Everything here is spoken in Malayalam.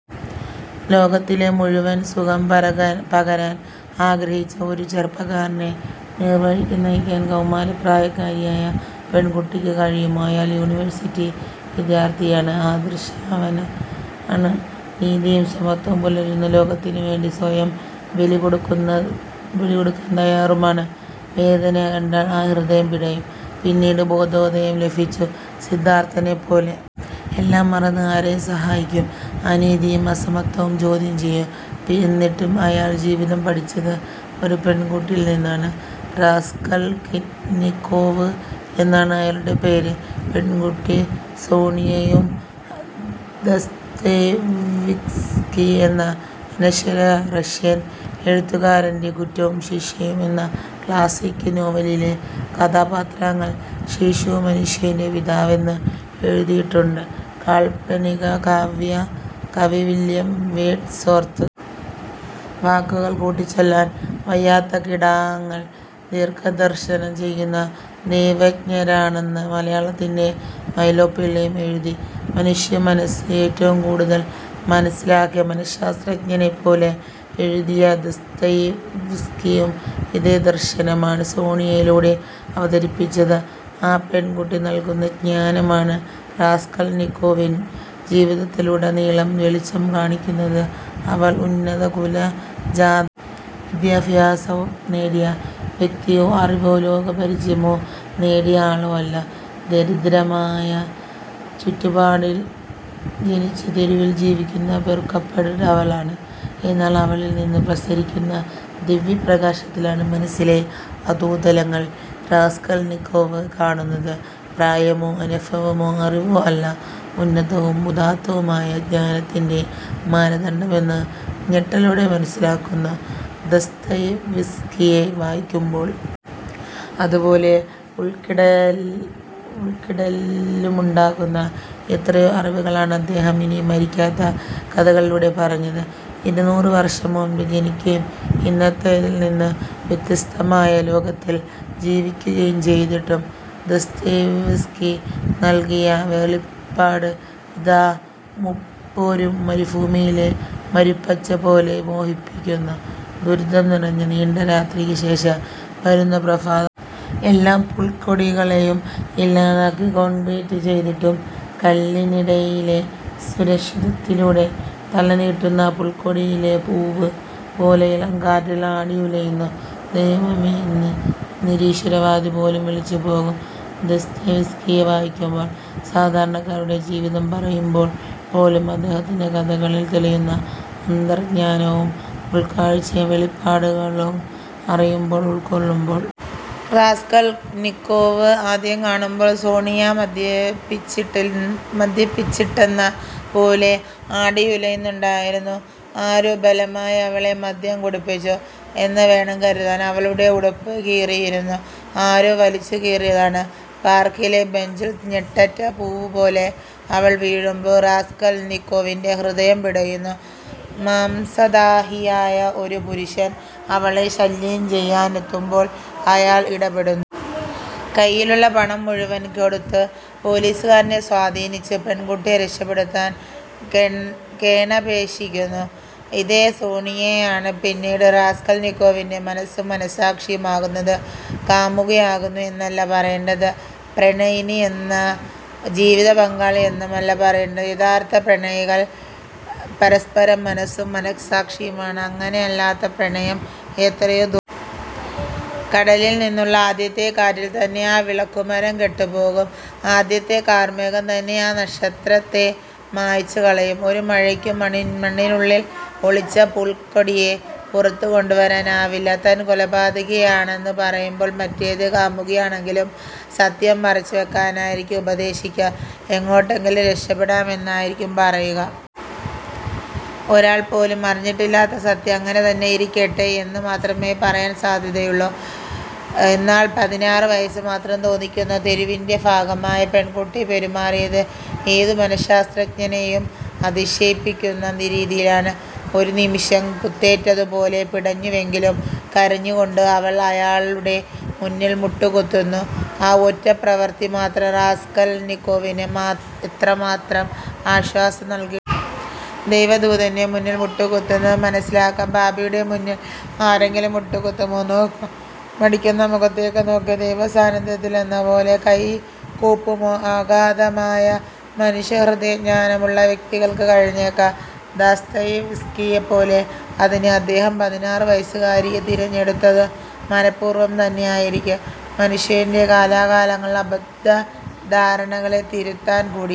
ലോകത്തിനു മുഴുവൻ സുഖംപരകാൻ പകരാൻ ആഗ്രഹിച്ച ഒരു ചെറുപ്പക്കാരനെ നേർവഴിക്ക് നയിക്കാൻ കൗമാരപ്രായക്കാരിയായ പെൺകുട്ടിക്ക് കഴിയുമോ? അയാൾ യൂണിവേഴ്സിറ്റി വിദ്യാർത്ഥിയാണ്, ആദർശവാനാണ്. നീതിയും സമത്വവും പുലരുന്ന ലോകത്തിനു വേണ്ടി സ്വയം ബലികൊടുക്കുന്ന കൊടുക്കാൻ തയ്യാറുമാണ്. വേദന കണ്ടാൽ ആ ഹൃദയം പിടയും, പിന്നീട് ബോധോദയം ലഭിച്ച സിദ്ധാർത്ഥനെപ്പോലെ. എല്ലാം മറന്ന് ആരെയും സഹായിക്കും. അനീതിയും അസമത്വവും ചോദ്യം ചെയ്യും. എന്നിട്ടും അയാൾ ജീവിതം പഠിച്ചത് ഒരു പെൺകുട്ടിയിൽ നിന്നാണ്. റാസ്കൾനിക്കോവ് എന്നാണ് അയാളുടെ പേര്. പെൺകുട്ടി സോണിയയും. ദസ്തയേവ്സ്കി എന്ന അനശ്വര റഷ്യൻ എഴുത്തുകാരൻ്റെ കുറ്റവും ശിക്ഷയും എന്ന ക്ലാസിക് നോവലിലെ കഥാപാത്രങ്ങൾ. ശിശു മനുഷ്യൻ്റെ പിതാവ് എന്ന് എഴുതിയിട്ടുണ്ട് കാൽപ്പനികകാവ്യ കവി വില്യം വേഡ്സ്വർത്ത്. വാക്കുകൾ കൂട്ടിച്ചൊല്ലാൻ വയ്യാത്ത കിടാങ്ങൾ ദീർഘദർശനം ചെയ്യുന്ന ദൈവജ്ഞരാണെന്ന് മലയാളത്തിൻ്റെ വൈലോപ്പിള്ളിയും എഴുതി. മനുഷ്യ മനസ്സ് ഏറ്റവും കൂടുതൽ മനസ്സിലാക്കിയ, മനഃശാസ്ത്രജ്ഞനെപ്പോലെ എഴുതിയ ദസ്തയേവ്സ്കിയും ഇതേ ദർശനമാണ് സോണിയയിലൂടെ അവതരിപ്പിച്ചത്. ആ പെൺകുട്ടി നൽകുന്ന ജ്ഞാനമാണ് റാസ്കൾനിക്കോവിൻ്റെ ജീവിതത്തിലുടനീളം വെളിച്ചം കാണിക്കുന്നത്. അവൾ ഉന്നത കുലജാത. വിദ്യാഭ്യാസം നേടിയ വ്യക്തിയോ അറിവോ ലോകപരിചയമോ നേടിയ ആളോ അല്ല. ദരിദ്രമായ ചുറ്റുപാടിൽ ജനിച്ച്, തെരുവിൽ ജീവിക്കുന്ന വെറുക്കപ്പെട്ടവളാണ്. എന്നാൽ അവളിൽ നിന്ന് പ്രസരിക്കുന്ന ദിവ്യപ്രകാശത്തിലാണ് മനസ്സിലെ അധോതലങ്ങൾ റാസ്കൾനിക്കോവ് കാണുന്നത്. പ്രായമോ അനുഭവമോ അറിവോ അല്ല ഉന്നതവും ഉദാത്തവുമായ ജ്ഞാനത്തിൻ്റെ മാനദണ്ഡമെന്ന് ഞെട്ടലോടെ മനസ്സിലാക്കുന്നു ദസ്തയേവ്സ്കിയെ വായിക്കുമ്പോൾ. അതുപോലെഉൾക്കിടി ഉൾക്കിടിലമുണ്ടാക്കുന്ന എത്രയോ അറിവുകളാണ് അദ്ദേഹം ഇനിയും മരിക്കാത്ത കഥകളിലൂടെ പറഞ്ഞത്. ഇരുനൂറ് വർഷം മുൻപ് ജനിക്കുകയും ഇന്നത്തേതിൽ നിന്ന് വ്യത്യസ്തമായ ലോകത്തിൽ ജീവിക്കുകയും ചെയ്തിട്ടും ദസ്തയേവ്സ്കി നൽകിയ വെളിപാട് ഇതാ ഇപ്പോഴും മരുഭൂമിയിലെ മരുപ്പച്ച പോലെ മോഹിപ്പിക്കുന്നു. ദുരിതം നിറഞ്ഞ നീണ്ട രാത്രിക്കു ശേഷം വരുന്ന പ്രഭാ. എല്ലാ പുൽക്കൊടികളെയും ഇല്ലാതാക്കി കോൺക്രീറ്റ് ചെയ്തിട്ടും കല്ലിനിടയിലെ സുഷിരത്തിലൂടെ തല നീട്ടുന്ന പുൽക്കൊടിയിലെ പൂവ് പോലെ ഇളംകാറ്റിൽ ആടിയുലയുന്നു. ദൈവമേ എന്ന് നിരീശ്വരവാദി പോലും വിളിച്ചുപോകും ദസ്തയേവ്സ്കിയെ വായിക്കുമ്പോൾ. സാധാരണക്കാരുടെ ജീവിതം പറയുമ്പോൾ പോലും അദ്ദേഹത്തിൻ്റെ കഥകളിൽ തെളിയുന്ന അന്തർജ്ഞാനവും ഉൾക്കാഴ്ചയും വെളിപാടുകളും അറിയുമ്പോൾ, ഉൾക്കൊള്ളുമ്പോൾ. റാസ്കൾനിക്കോവ് ആദ്യം കാണുമ്പോൾ സോണിയമദ്യപിച്ചിട്ട് മദ്യപിച്ചിട്ടെന്ന പോലെ ആടിയുലയുന്നുണ്ടായിരുന്നു. ആരോ ബലമായി അവളെ മദ്യം കുടിപ്പിച്ചു എന്ന് വേണം കരുതാൻ. അവളുടെ ഉടുപ്പ് കീറിയിരുന്നു. ആരോ വലിച്ചുകീറിയതാണ്. പാർക്കിലെ ബെഞ്ചിൽ ഞെട്ടറ്റ പൂവ് പോലെ അവൾ വീഴുമ്പോൾ, റാസ്കൾനിക്കോവിൻ്റെ ഹൃദയം പിടയുന്നു. മാംസദാഹിയായ ഒരു പുരുഷൻ അവളെ ശല്യം ചെയ്യാനെത്തുമ്പോൾ അയാൾ ഇടപെ. കയ്യിലുള്ള പണം മുഴുവൻ കൊടുത്ത് പോലീസുകാരനെ സ്വാധീനിച്ച് പെൺകുട്ടിയെ രക്ഷപ്പെടുത്താൻകേണ് കേണപേക്ഷിക്കുന്നു. ഇതേ സോണിയയാണ് പിന്നീട് റാസ്കൾനിക്കോവിൻ്റെ മനസ്സും മനഃസാക്ഷിയുമാകുന്നത്. കാമുകിയാകുന്നു എന്നല്ല പറയേണ്ടത്, പ്രണയിനി എന്നോ ജീവിത പങ്കാളി എന്നുമല്ല പറയേണ്ടത്. യഥാർത്ഥ പ്രണയികൾ പരസ്പരം മനസ്സും മനഃസാക്ഷിയുമാണ്. അങ്ങനെയല്ലാത്ത പ്രണയം എത്രയോ ദുർ! കടലിൽ നിന്നുള്ള ആദ്യത്തെ കാറ്റിൽത്തന്നെ ആ വിളക്കുമരം കെട്ടുപോകും. ആദ്യത്തെ കാർമേഘം തന്നെ ആ നക്ഷത്രത്തെ മായ്ച്ചുകളയും. ഒരു മഴയ്ക്കും മണ്ണിനുള്ളിൽ ഒളിച്ച ആ പുൽക്കൊടിയെ പുറത്തുകൊണ്ടുവരാൻ ആവില്ല. താൻ കൊലപാതകിയാണെന്ന് പറയുമ്പോൾ മറ്റേത് കാമുകിയാണെങ്കിലും സത്യം മറച്ചുവെക്കാനായിരിക്കും ഉപദേശിക്കുക. എങ്ങോട്ടെങ്കിലും രക്ഷപ്പെടാം എന്നായിരിക്കും പറയുക. ഒരാൾ പോലും അറിഞ്ഞിട്ടില്ലാത്ത സത്യം അങ്ങനെതന്നെയിരിക്കട്ടെ എന്ന് മാത്രമേ പറയാൻ സാധ്യതയുള്ളൂ. എന്നാൽ, പതിനാറ് വയസ്സ് മാത്രം തോന്നിക്കുന്ന, തെരുവിൻ്റെ ഭാഗമായ പെൺകുട്ടി പെരുമാറിയത് ഏതു മനഃശാസ്ത്രജ്ഞനെയും അതിശയിപ്പിക്കുന്ന രീതിയിലാണ്. ഒരു നിമിഷം കുത്തേറ്റതുപോലെ പിടഞ്ഞുവെങ്കിലും കരഞ്ഞുകൊണ്ട് അവൾ അയാളുടെ മുന്നിൽ മുട്ടുകുത്തുന്നു. ആ ഒറ്റ പ്രവൃത്തി മാത്രം റാസ്കൾനിക്കോവിന് എത്രമാത് മാത്രം ആശ്വാസം നൽകിയിട്ടുണ്ടാകും. ദൈവദൂതൻ്റെ മുന്നിൽ മുട്ടുകുത്തുന്നത് മനസ്സിലാക്കാം, പാപിയുടെ മുന്നിൽ ആരെങ്കിലും മുട്ടുകുത്തുമോ? നോക്കാൻ മടിക്കുന്ന മുഖത്തേക്ക് നോക്കി ദൈവസാന്നിധ്യത്തിലെന്നപോലെ കൈകൂപ്പുമോ? അഗാധമായ മനുഷ്യഹൃദയ ജ്ഞാനമുള്ള വ്യക്തികൾക്ക് കഴിഞ്ഞേക്കാം, ദസ്തയേവ്സ്കിയെപ്പോലെ. അതിന് അദ്ദേഹം പതിനാറ് വയസ്സുകാരിയെ തിരഞ്ഞെടുത്തതും മനഃപൂർവ്വം തന്നെയായിരിക്കും, മനുഷ്യൻ്റെ കാലാകാലങ്ങളായുള്ള അബദ്ധ ധാരണകളെ തിരുത്താൻ കൂടി.